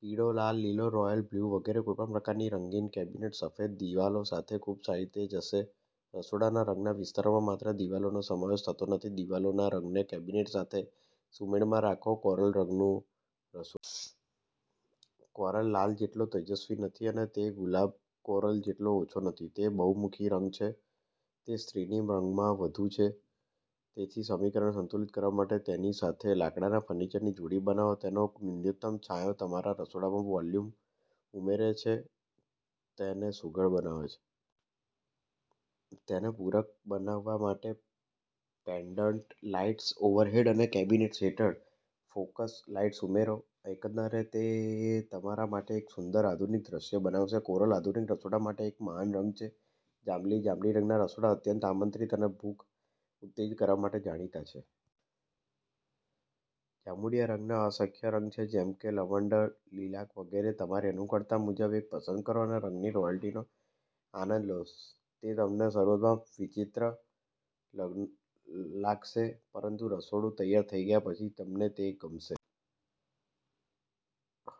પીળો, લાલ, લીલો, royal blue વગેરે, કોઈપણ પ્રકારની રંગીન કેબિનેટ્સ સફેદ દિવાલો સાથે ખૂબ સારી રીતે જશે. રસોડાના રંગના વિચારોમાં માત્ર દિવાલોનો સમાવેશ થતો નથી. દિવાલોના રંગને કેબિનેટ સાથે સુમેળમાં રાખો. કોરલ રંગનું રસોડું. કોરલ લાલ જેટલો તેજસ્વી નથી અને ગુલાબી કોરલ જેટલો આછો નથી. તે બહુમુખી રંગ છે. તે સ્ત્રીની રંગમાં વધુ છે તેથી સમીકરણને સંતુલિત કરવા માટે તેની સાથે લાકડાના ફર્નિચરની જોડી બનાવો. તેનો ન્યૂનતમ છાંયો તમારા રસોડામાં વોલ્યુમ ઉમેરે છે, તેને સુઘડ બનાવે છે. તેને પૂરક બનાવવા માટે પેન્ડન્ટ લાઇટ્સ ઓવરહેડ અને કેબિનેટ્સ હેઠળ ફોકસ લાઇટ્સ ઉમેરો. એકંદરે તે તમારા માટે એક સુંદર આધુનિક દૃશ્ય બનાવશે. કોરલ આધુનિક રસોડા માટે એક મહાન રંગ છે. જાંબલી. જાંબલી રંગના રસોડા અત્યંત આમંત્રિત અને ભૂખ ઉત્તેજિત કરવા માટે જાણીતા છે. જાંબુડિયા રંગના અસંખ્ય રંગ છે, જેમ કે લવંડર, લીલાક વગેરે. તમારી અનુકૂળતા મુજબ એક પસંદ કરો અને રંગની રોયલ્ટીનો આનંદ લો. તે તમને શરૂઆતમાં વિચિત્ર લાગશે, પરંતુ રસોડું તૈયાર થઈ ગયા પછી, તમને તે ગમશે.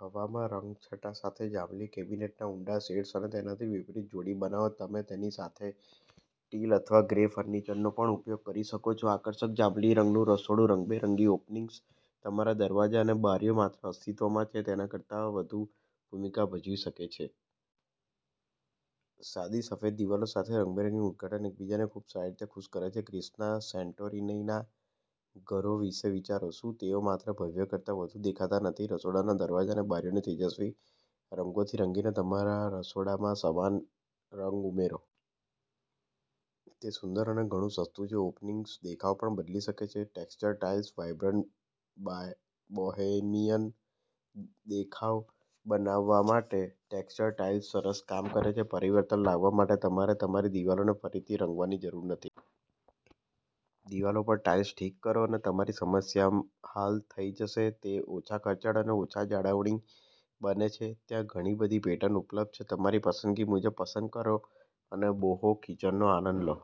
હળવા રંગછટા સાથે જાંબલી કેબિનેટના ઊંડા શેડ્સ અને તેનાથી વિપરીત જોડી બનાવો. તમે તેની સાથે ટીલ અથવા ગ્રે ફર્નિચરનો પણ ઉપયોગ કરી શકો છો. આકર્ષક જાંબલી રંગનું રસોડું. રંગબેરંગી ઓપનિંગ્સ. તમારા દરવાજા અને બારીઓ માત્ર અસ્તિત્વમાં છે તેના કરતાં વધુ ભૂમિકા ભજવી શકે છે. સાદી સફેદ દિવાલો સાથે રંગબેરંગી ઉદઘાટન એકબીજાને ખૂબ સારી રીતે ખુશ કરે છે. ગ્રીસના સેન્ટોરિનીના ઘરો વિશે વિચારો. શું તેઓ માત્ર ભવ્ય કરતાં વધુ દેખાતા નથી? રસોડાના દરવાજા અને બારીઓને તેજસ્વી રંગોથી રંગીને તમારા રસોડામાં સમાન રંગ ઉમેરો. તે સુંદર અને ઘણું સસ્તું છે. ઓપનિંગ્સ દેખાવ પણ બદલી શકે છે. Texture tiles. વાઇબ્રન્ટ બોહેમિયન દેખાવ બનાવવા માટે ટેક્ષ્ચર ટાઇલ્સ સરસ કામ કરે છે. પરિવર્તન લાવવા માટે તમારે તમારી દિવાલોને ફરીથી રંગવાની જરૂર નથી. દિવાલો પર ટાઇલ્સ ઠીક કરો, અને તમારી સમસ્યા હલ થઈ જશે. તે ઓછા ખર્ચાળ અને ઓછા જાળવણી બંને છે. ત્યાં ઘણી બધી પેટર્ન ઉપલબ્ધ છે. તમારી પસંદગી મુજબ પસંદ કરો અને બોહો કિચનનો આનંદ લો.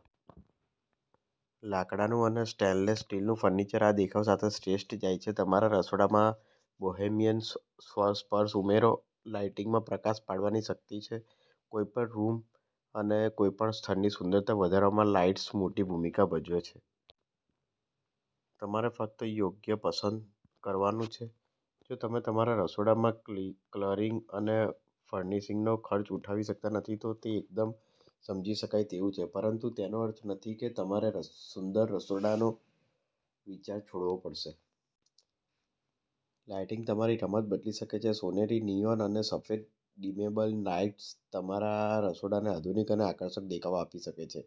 લાકડાનું અને સ્ટેનલેસ સ્ટીલનું ફર્નિચર આ દેખાવ સાથે શ્રેષ્ઠ જાય છે. તમારા રસોડામાં બોહેમિયન સ્પર્શ ઉમેરો. લાઇટિંગમાં પ્રકાશ પાડવાની શક્તિ છે. કોઈપણ રૂમ અને કોઈપણ સ્થળની સુંદરતા વધારવામાં લાઇટ્સ મોટી ભૂમિકા ભજવે છે. તમારે ફક્ત યોગ્ય પસંદ કરવાનું છે. જો તમે તમારા રસોડામાં કલરિંગ અને ફર્નિશિંગનો ખર્ચ ઉઠાવી શકતા નથી, તો તે એકદમ સમજી શકાય તેવું છે. પરંતુ તેનો અર્થ નથી કે તમારે સુંદર રસોડાનો વિચાર છોડવો પડશે. લાઇટિંગ તમારી રમત બદલી શકે છે. સોનેરી, નિયોન અને સફેદ ડિમેબલ લાઇટ્સ તમારા રસોડાને આધુનિક અને આકર્ષક દેખાવ આપી શકે છે.